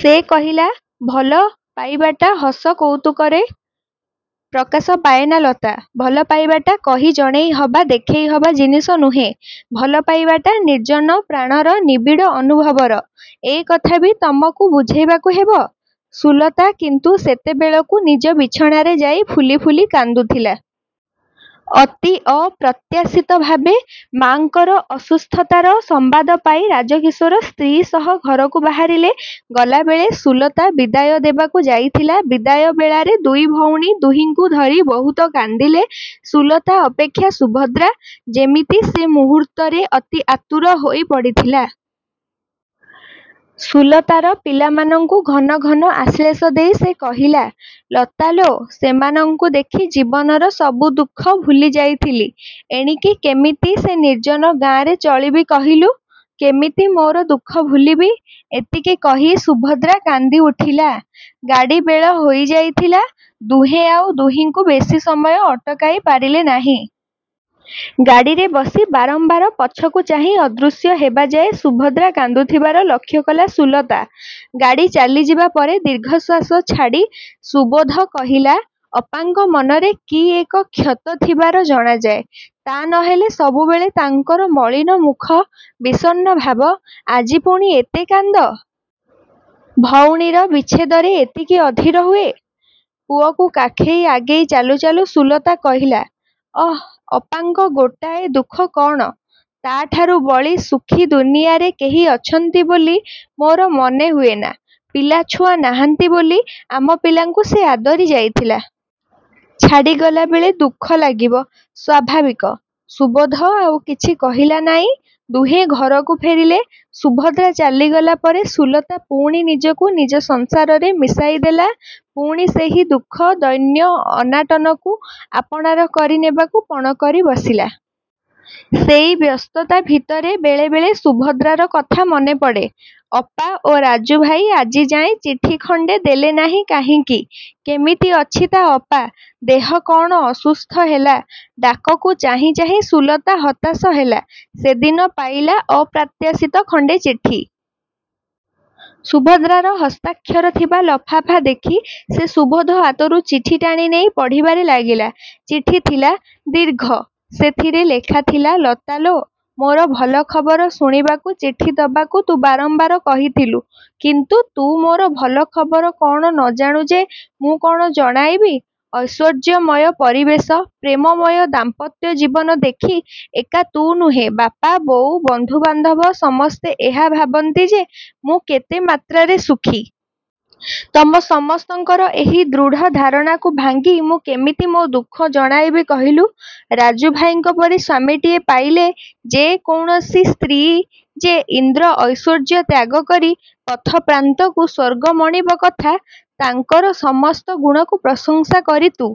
ସେ କହିଲା, ଭଲ ପାଇବାଟା ହସ କୌତୁକରେ ପ୍ରକାଶ ପାଏନା ଲତା! ଭଲପାଇବାଟା କହି ଜଣେଇହବା, ଦେଖେଇହବା ଜିନିଷ ନୁହେଁ। ଭଲପାଇବାଟା ନିର୍ଜନ ପ୍ରାଣର, ନିବିଡ଼ ଅନୁଭବର। ଏ କଥା ବି ତମକୁ ବୁଝେଇବାକୁ ହେବ। ସୁଲତା କିନ୍ତୁ ସେତେବେଳେକୁ ନିଜ ବିଛଣାରେ ଯାଇ ଫୁଲି ଫୁଲି କାନ୍ଦୁଥିଲା। ଅତି ଅପ୍ରତ୍ୟାଶିତ ଭାବେ ମା'ଙ୍କର ଅସୁସ୍ଥତାର ସମ୍ବାଦ ପାଇ ରାଜକିଶୋର ସ୍ତ୍ରୀ ସହ ଘରକୁ ବାହାରିଲେ। ଗଲାବେଳେ ସୁଲତା ବିଦାୟ ଦେବାକୁ ଯାଇଥିଲା। ବିଦାୟ ବେଳାରେ ଦୁଇ ଭଉଣୀ ଦୁହିଁଙ୍କୁ ଧରି ବହୁତ କାନ୍ଦିଲେ। ସୁଲତା ଅପେକ୍ଷା ସୁଭଦ୍ରା। ଯେମିତି ସେ ମୁହୂର୍ତ୍ତରେ ଅତି ଆତୁର ହୋଇ ପଡ଼ିଥିଲା। ସୁଲତାର ପିଲାମାନଙ୍କୁ ଘନଘନ ଆଶ୍ଲେଷ ଦେଇ ସେ କହିଲା, ଲତା ଲୋ, ସେମାନଙ୍କୁ ଦେଖି ଜୀବନର ସବୁ ଦୁଃଖ ଭୁଲି ଯାଇଥିଲି। ଏଣିକି କେମିତି ସେ ନିର୍ଜନ ଗାଁରେ ଚଳିବି କହିଲୁ? କେମିତି ମୋର ଦୁଃଖ ଭୁଲିବି? ଏତିକି କହି ସୁଭଦ୍ରା କାନ୍ଦି ଉଠିଲା। ଗାଡ଼ି ବେଳ ହୋଇ ଯାଇଥିଲା-ଦୁହେଁ ଆଉ ଦୁହିଁଙ୍କୁ ବେଶୀ ସମୟ ଅଟକାଇ ପାରିଲେ ନାହିଁ। ଗାଡ଼ିରେ ବସି ବାରମ୍ବାର ପଛକୁ ଚାହିଁ ଅଦୃଶ୍ୟ ହେବାଯାଏ ସୁଭଦ୍ରା କାନ୍ଦୁଥିବାର ଲକ୍ଷ୍ୟକଲା ସୁଲତା-। ଗାଡ଼ି ଚାଲିଯିବା ପରେ ଦୀର୍ଘଶ୍ୱାସ ଛାଡ଼ି ସୁବୋଧ କହିଲା-ଅପାଙ୍କ ମନରେ କି ଏକ କ୍ଷତ ଥିବାର ଜଣାଯାଏ। ତା' ନହେଲେ ସବୁବେଳେ ତାଙ୍କର ମଳିନ ମୁଖ, ବିଷର୍ଣ୍ଣ ଭାବ। ଆଜି ପୁଣି ଏତେ କାନ୍ଦ। ଭଉଣୀର ବିଚ୍ଛେଦରେ ଏତିକି ଅଧୀର ହୁଏ? ପୁଅକୁ କାଖେଇ ଆଗେଇ ଚାଲୁ ଚାଲୁ ସୁଲତା କହିଲା-ଅଃ, ଅପାଙ୍କ ଗୋଟାଏ ଦୁଃଖ କ'ଣ? ତା' ଠାରୁ ବଳି ସୁଖୀ ଦୁନିଆରେ କେହି ଅଛନ୍ତି ବୋଲି ମୋର ମନେ ହୁଏନା। ପିଲାଛୁଆ ନାହାନ୍ତି ବୋଲି ଆମ ପିଲାଙ୍କୁ ସେ ଆଦରି ଯାଇଥିଲା। ଛାଡ଼ିଗଲା ବେଳେ ଦୁଃଖ ଲାଗିବା ସ୍ଵାଭାବିକ। ସୁବୋଧ ଆଉ କିଛି କହିଲା ନାଇଁ। ଦୁହେଁ ଘରକୁ ଫେରିଲେ। ସୁଭଦ୍ରା ଚାଲିଗଲା ପରେ ସୁଲତା ପୁଣି ନିଜକୁ ନିଜ ସଂସାରରେ ମିଶାଇ ଦେଲା। ପୁଣି ସେହି ଦୁଃଖ ଦୈନ୍ୟ, ଅନାଟନକୁ ଆପଣାର କରି ନେବାକୁ ପଣ କରି ବସିଲା। ସେଇ ବ୍ୟସ୍ତତା ଭିତରେ ବେଳେବେଳେ ସୁଭଦ୍ରାର କଥା ମନେ ପଡ଼େ। ଅପା ଓ ରାଜୁଭାଇ ଆଜିଯାଏଁ ଚିଠି ଖଣ୍ଡେ ଦେଲେ ନାହିଁ କାହିଁକି? କେମିତି ଅଛି ତା' ଅପା? ଦେହ କ'ଣ ଅସୁସ୍ଥ ହେଲା? ଡାକକୁ ଚାହିଁ ଚାହିଁ ସୁଲତା ହତାଶ ହେଲା। ସେଦିନ ପାଇଲା ଅପ୍ରତ୍ୟାଶିତ ଖଣ୍ଡେ ଚିଠି। ସୁଭଦ୍ରାର ହସ୍ତାକ୍ଷର ଥିବା ଲଫାପା ଦେଖି ସେ ସୁବୋଧ ହାତରୁ ଚିଠି ଟାଣି ନେଇ ପଢ଼ିବାରେ ଲାଗିଲା। ଚିଠି ଥିଲା ଦୀର୍ଘ। ସେଥିରେ ଲେଖା ଥିଲା-. ଲତା ଲୋ, ମୋର ଭଲ ଖବର ଶୁଣିବାକୁ ଚିଠି ଦବାକୁ ତୁ ବାରମ୍ବାର କହିଥିଲୁ କିନ୍ତୁ ତୁ ମୋର ଭଲ ଖବର କ'ଣ ନଜାଣୁ ଯେ ମୁଁ କ'ଣ ଜଣାଇବି ଐଶ୍ୱର୍ଯ୍ୟମୟ ପରିବେଶ, ପ୍ରେମମୟ ଦାମ୍ପତ୍ୟ ଜୀବନ ଦେଖି ଏକା ତୁ ନୁହେଁ, ବାପା, ବୋଉ, ବନ୍ଧୁବାନ୍ଧବ ସମସ୍ତେ ଏହା ଭାବନ୍ତି ଯେ ମୁଁ କେତେ ମାତ୍ରାରେ ସୁଖୀ। ତମ ସମସ୍ତଙ୍କର ଏହି ଦୃଢ଼ ଧାରଣାକୁ ଭାଙ୍ଗି ମୁଁ କେମିତି ମୋ ଦୁଃଖ ଜଣାଇବି କହିଲୁ? ରାଜୁ ଭାଇଙ୍କ ପରି ସ୍ୱାମୀଟିଏ ପାଇଲେ ଯେ କୌଣସି ସ୍ତ୍ରୀ ଯେ ଇନ୍ଦ୍ର ଐଶ୍ୱର୍ଯ୍ୟ ତ୍ୟାଗ କରି ପଥପ୍ରାନ୍ତକୁ ସ୍ୱର୍ଗ ମଣିବ କଥା ତାଙ୍କର ସମସ୍ତ ଗୁଣକୁ ପ୍ରଶଂସା କରି ତୁ